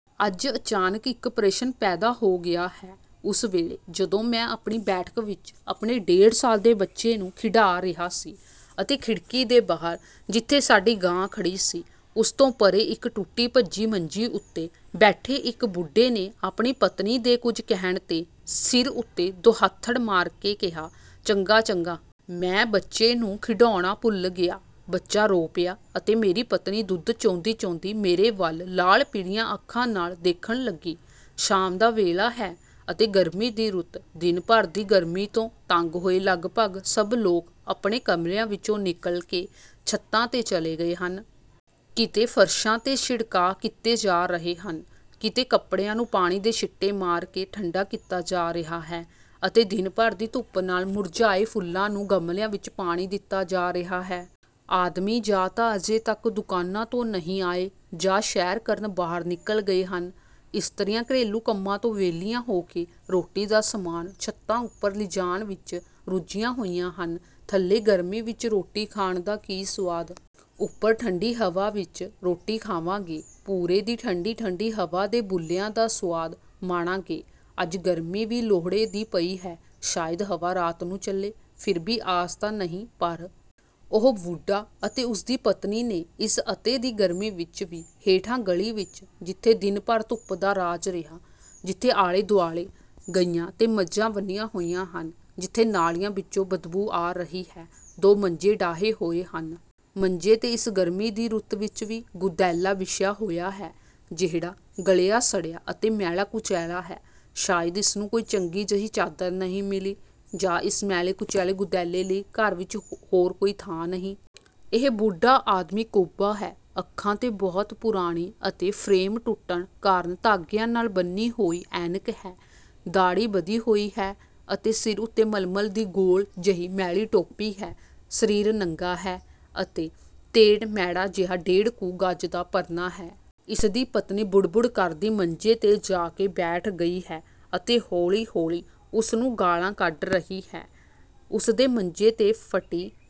ਅੱਜ ਅਚਾਨਕ ਇੱਕ ਪ੍ਰਸ਼ਨ ਪੈਦਾ ਹੋ ਗਿਆ ਹੈ। ਉਸ ਵੇਲੇ, ਜਦੋਂ ਮੈਂ ਆਪਣੀ ਬੈਠਕ ਵਿੱਚ ਆਪਣੇ ਡੇਢ ਸਾਲ ਦੇ ਬੱਚੇ ਨੂੰ ਖਿਡਾ ਰਿਹਾ ਸੀ ਅਤੇ ਖਿੜਕੀ ਦੇ ਬਾਹਰ, ਜਿੱਥੇ ਸਾਡੀ ਗਾਂ ਖੜ੍ਹੀ ਸੀ, ਉਸ ਤੋਂ ਪਰ੍ਹੇ ਇੱਕ ਟੁੱਟੀ-ਭੱਜੀ ਮੰਜੀ ਉੱਤੇ ਬੈਠੇ ਇੱਕ ਬੁੱਢੇ ਨੇ ਆਪਣੀ ਪਤਨੀ ਦੇ ਕੁਝ ਕਹਿਣ 'ਤੇ ਸਿਰ ਉੱਤੇ ਦੁਹੱਥੜ ਮਾਰ ਕੇ ਕਿਹਾ, "ਚੰਗਾ, ਚੰਗਾ।" ਮੈਂ ਬੱਚੇ ਨੂੰ ਖਿਡਾਉਣਾ ਭੁੱਲ ਗਿਆ। ਬੱਚਾ ਰੋ ਪਿਆ ਅਤੇ ਮੇਰੀ ਪਤਨੀ ਦੁੱਧ ਚੋਂਦੀ-ਚੋਂਦੀ ਮੇਰੇ ਵੱਲ ਲਾਲ-ਪੀਲੀਆਂ ਅੱਖਾਂ ਨਾਲ ਦੇਖਣ ਲੱਗੀ। ਸ਼ਾਮ ਦਾ ਵੇਲਾ ਹੈ ਅਤੇ ਗਰਮੀ ਦੀ ਰੁੱਤ। ਦਿਨ ਭਰ ਦੀ ਗਰਮੀ ਤੋਂ ਤੰਗ ਹੋਏ ਲਗਭਗ ਸਭ ਲੋਕ ਆਪਣੇ ਕਮਰਿਆਂ ਵਿੱਚੋਂ ਨਿਕਲ ਕੇ ਛੱਤਾਂ 'ਤੇ ਚਲੇ ਗਏ ਹਨ। ਕਿਤੇ ਫ਼ਰਸ਼ਾਂ 'ਤੇ ਛਿੜਕਾਅ ਕੀਤੇ ਜਾ ਰਹੇ ਹਨ, ਕਿਤੇ ਕੱਪੜਿਆਂ ਨੂੰ ਪਾਣੀ ਦੇ ਛਿੱਟੇ ਮਾਰ ਕੇ ਠੰਢਾ ਕੀਤਾ ਜਾ ਰਿਹਾ ਹੈ ਅਤੇ ਦਿਨ ਭਰ ਦੀ ਧੁੱਪ ਨਾਲ ਮੁਰਝਾਏ ਫੁੱਲਾਂ ਨੂੰ ਗਮਲਿਆਂ ਵਿੱਚ ਪਾਣੀ ਦਿੱਤਾ ਜਾ ਰਿਹਾ ਹੈ। ਆਦਮੀ ਜਾਂ ਤਾਂ ਅਜੇ ਤੱਕ ਦੁਕਾਨਾਂ ਤੋਂ ਨਹੀਂ ਆਏ ਜਾਂ ਸੈਰ ਕਰਨ ਬਾਹਰ ਨਿਕਲ ਗਏ ਹਨ। ਇਸਤਰੀਆਂ ਘਰੇਲੂ ਕੰਮਾਂ ਤੋਂ ਵਿਹਲੀਆਂ ਹੋ ਕੇ ਰੋਟੀ ਦਾ ਸਾਮਾਨ ਛੱਤਾਂ ਉੱਪਰ ਲਿਜਾਣ ਵਿੱਚ ਰੁੱਝੀਆਂ ਹੋਈਆਂ ਹਨ—ਥੱਲੇ ਗਰਮੀ ਵਿੱਚ ਰੋਟੀ ਖਾਣ ਦਾ ਕੀ ਸੁਆਦ? ਉੱਪਰ ਠੰਢੀ ਹਵਾ ਵਿੱਚ ਰੋਟੀ ਖਾਵਾਂਗੇ, ਪੁਰੇ ਦੀ ਠੰਢੀ-ਠੰਢੀ ਹਵਾ ਦੇ ਬੁੱਲਿਆਂ ਦਾ ਸੁਆਦ ਮਾਣਾਂਗੇ। ਅੱਜ ਗਰਮੀ ਵੀ ਲੋਹੜੇ ਦੀ ਪਈ ਹੈ, ਸ਼ਾਇਦ ਹਵਾ ਰਾਤ ਨੂੰ ਚੱਲੇ। ਫਿਰ ਵੀ ਆਸ ਤਾਂ ਨਹੀਂ, ਪਰ ਉਹ ਬੁੱਢਾ ਅਤੇ ਉਸ ਦੀ ਪਤਨੀ ਨੇ ਇਸ ਅਤਿ ਦੀ ਗਰਮੀ ਵਿੱਚ ਵੀ ਹੇਠਾਂ ਗਲੀ ਵਿੱਚ, ਜਿੱਥੇ ਦਿਨ ਭਰ ਧੁੱਪ ਦਾ ਰਾਜ ਰਿਹਾ, ਜਿੱਥੇ ਆਲੇ-ਦੁਆਲੇ ਗਾਈਆਂ ਤੇ ਮੱਝਾਂ ਬੰਨ੍ਹੀਆਂ ਹੋਈਆਂ ਹਨ, ਜਿੱਥੇ ਨਾਲੀਆਂ ਵਿੱਚੋਂ ਬਦਬੂ ਆ ਰਹੀ ਹੈ, ਦੋ ਮੰਜੇ ਡਾਹੇ ਹੋਏ ਹਨ। ਮੰਜੇ 'ਤੇ ਇਸ ਗਰਮੀ ਦੀ ਰੁੱਤ ਵਿੱਚ ਵੀ ਗੁਦੈਲਾ ਵਿਛਿਆ ਹੋਇਆ ਹੈ, ਜਿਹੜਾ ਗਲਿਆ-ਸੜਿਆ ਅਤੇ ਮੈਲਾ-ਕੁਚੈਲਾ ਹੈ। ਸ਼ਾਇਦ ਇਸ ਨੂੰ ਕੋਈ ਚੰਗੀ ਜਿਹੀ ਚਾਦਰ ਨਹੀਂ ਮਿਲੀ ਜਾਂ ਇਸ ਮੈਲੇ-ਕੁਚੈਲੇ ਗੁਦੈਲੇ ਲਈ ਘਰ ਵਿੱਚ ਹੋਰ ਕੋਈ ਥਾਂ ਨਹੀਂ। ਇਹ ਬੁੱਢਾ ਆਦਮੀ ਕੁੱਬਾ ਹੈ। ਅੱਖਾਂ 'ਤੇ ਬਹੁਤ ਪੁਰਾਣੀ ਅਤੇ ਫ਼ਰੇਮ ਟੁੱਟਣ ਕਾਰਨ ਧਾਗਿਆਂ ਨਾਲ ਬੰਨ੍ਹੀ ਹੋਈ ਐਨਕ ਹੈ। ਦਾੜ੍ਹੀ ਵਧੀ ਹੋਈ ਹੈ ਅਤੇ ਸਿਰ ਉੱਤੇ ਮਲਮਲ ਦੀ ਗੋਲ ਜਿਹੀ ਮੈਲੀ ਟੋਪੀ ਹੈ, ਸਰੀਰ ਨੰਗਾ ਹੈ ਅਤੇ ਤੇੜ ਮੈਲਾ ਜਿਹਾ ਡੇਢ ਕੁ ਗਜ਼ ਦਾ ਪਰਨਾ ਹੈ। ਇਸ ਦੀ ਪਤਨੀ ਬੁੜ-ਬੁੜ ਕਰਦੀ ਮੰਜੇ 'ਤੇ ਜਾ ਕੇ ਬੈਠ ਗਈ ਹੈ ਅਤੇ ਹੌਲੀ-ਹੌਲੀ ਉਸ ਨੂੰ ਗਾਲ੍ਹਾਂ ਕੱਢ ਰਹੀ ਹੈ। ਉਸ ਦੇ ਮੰਜੇ 'ਤੇ ਫਟੀ